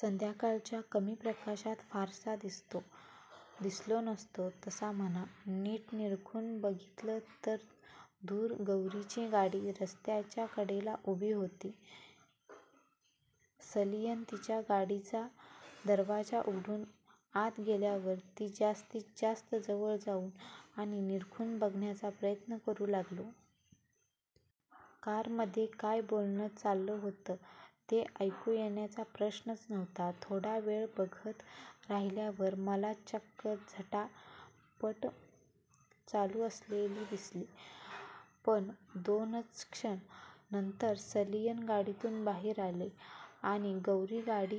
संध्याकाळच्या कमी प्रकाशात फारसा दिसलो नसतो तसा म्हणा. नीट निरखून बघितलं तर दूर गौरीची गाडी रस्त्याच्या कडेला उभी होती. सलियन तिच्या गाडीचा दरवाजा उघडून आत गेल्यावर मी जास्तीत जास्त जवळ जाऊन आणि निरखून बघण्याचा प्रयत्न करू लागलो. कारमध्ये काय बोलणं चाललं होतं, ते ऐकू येण्याचा प्रश्नच नव्हता. थोडा वेळ बघत राहिल्यावर मला चक्क झटापट चालू असलेली दिसली- एक दोनच क्षण. नंतर सलियन गाडीतून बाहेर आले, आणि गौरी गाडी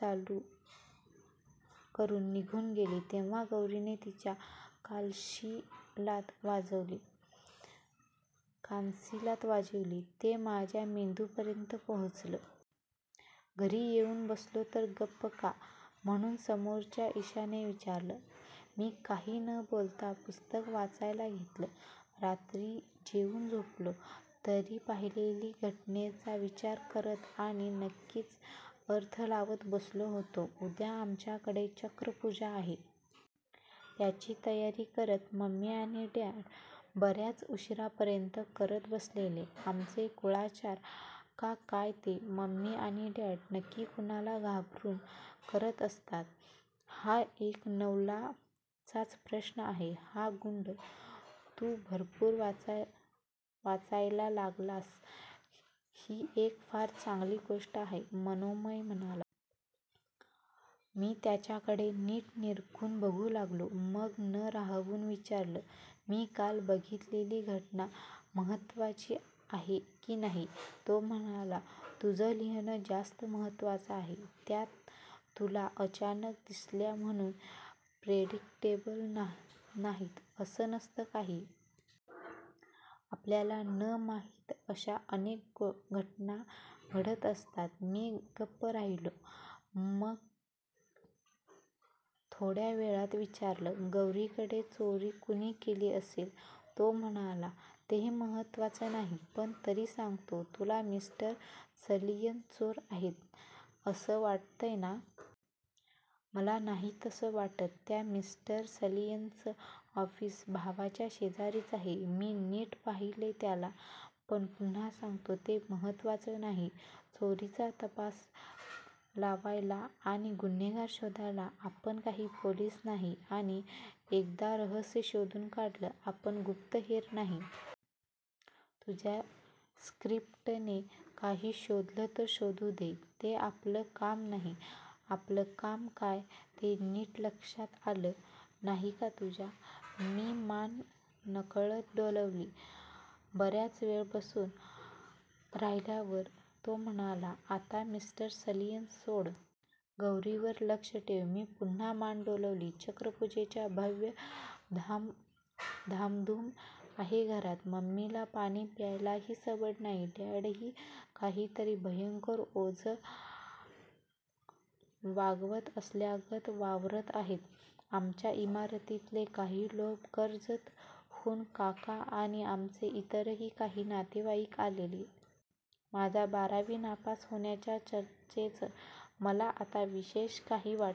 चालू करून निघून गेली तेव्हा गौरीने त्यांच्या कानशिलात वाजवली- हे माझ्या मेंदूपर्यंत पोचलं. घरी येऊन बसलो तर गप्प का-- म्हणून समोरच्या इशाने विचारलं. मी काही न बोलता पुस्तक वाचायला घेतलं. रात्री जेऊन झोपलो, तरी पाहिलेल्या घटनेचा विचार करत आणि नक्की अर्थ लावत बसलो होतो. उद्या आमच्याकडे चक्रपूजा आहे. त्याची तयारी करत मम्मी आणि डॅड बर्याच उशिरापर्यंत करत बसलेले. आमचे कुळाचार का काय ते- मम्मी आणि डॅड नक्की कुणाला घाबरून करत असतात, हा एक नवलाचाच प्रश्न आहे. हां. गुड. तू भरपूर वाचायला लागलास ही एक फार चांगली गोष्ट आहे-- मनोमय म्हणाला. मी त्याच्याकडे नीट निरखून बघू लागलो. मग न राहवून विचारलं-- मी काल बघितलेली घटना महत्वाची आहे की नाही? तो म्हणाला-- तुझं लिहिणं जास्त महत्वाचं आहे. त्या तुला अचानक दिसल्या म्हणून प्रेडिक्टेबल नाहीत असं नसतं काही. आपल्याला न माहित अशा अनेक घटना घडत असतात. मी गप्प राहिलो. मग थोड्या वेळात विचारलं-- गौरीकडे चोरी कुणी केली असेल? तो म्हणाला- ते महत्वाचं नाही. पण तरी सांगतो. तुला मिस्टर सलियन चोर आहेत असं वाटतंय ना? मला नाही तसं वाटत. त्या मिस्टर सलियनचं ऑफिस भावाच्या शेजारीच आहे. मी नीट पाहिलंय त्याला. पण पुन्हा सांगतो- ते महत्वाचं नाही. चोरीचा तपास लावायला आणि गुन्हेगार शोधायला आपण काही पोलिस नाही. आणि एखादं रहस्य शोधून काढायला आपण गुप्तहेर नाही. तुझ्या स्क्रिप्टने काही शोधलं तर शोधू देत. ते आपलं काम नाही. आपलं काम काय- ते नीट लक्षात आलं नाही का तुझ्या? मी मान नकळत डोलावली. बराच वेळ बसून राहिल्यावर तो म्हणाला-- आता मिस्टर सलियन सोड. गौरीवर लक्ष ठेव. मी पुन्हा मान डोलावली. चक्रपुजेची भव्य धामधुम आहे घरात. मम्मीला पाणी प्यायलाही सवड नाही. डॅडही काहीतरी भयंकर ओझं वागवत असल्यागत वावरत आहेत. आमच्या इमारतीतले काही लोक, कर्जतहून काका आणि आमचे इतरही काही नातेवाईक आलेले. माझ्या बारावी नापास होण्याच्या चर्चेचं मला आता विशेष काही वाटत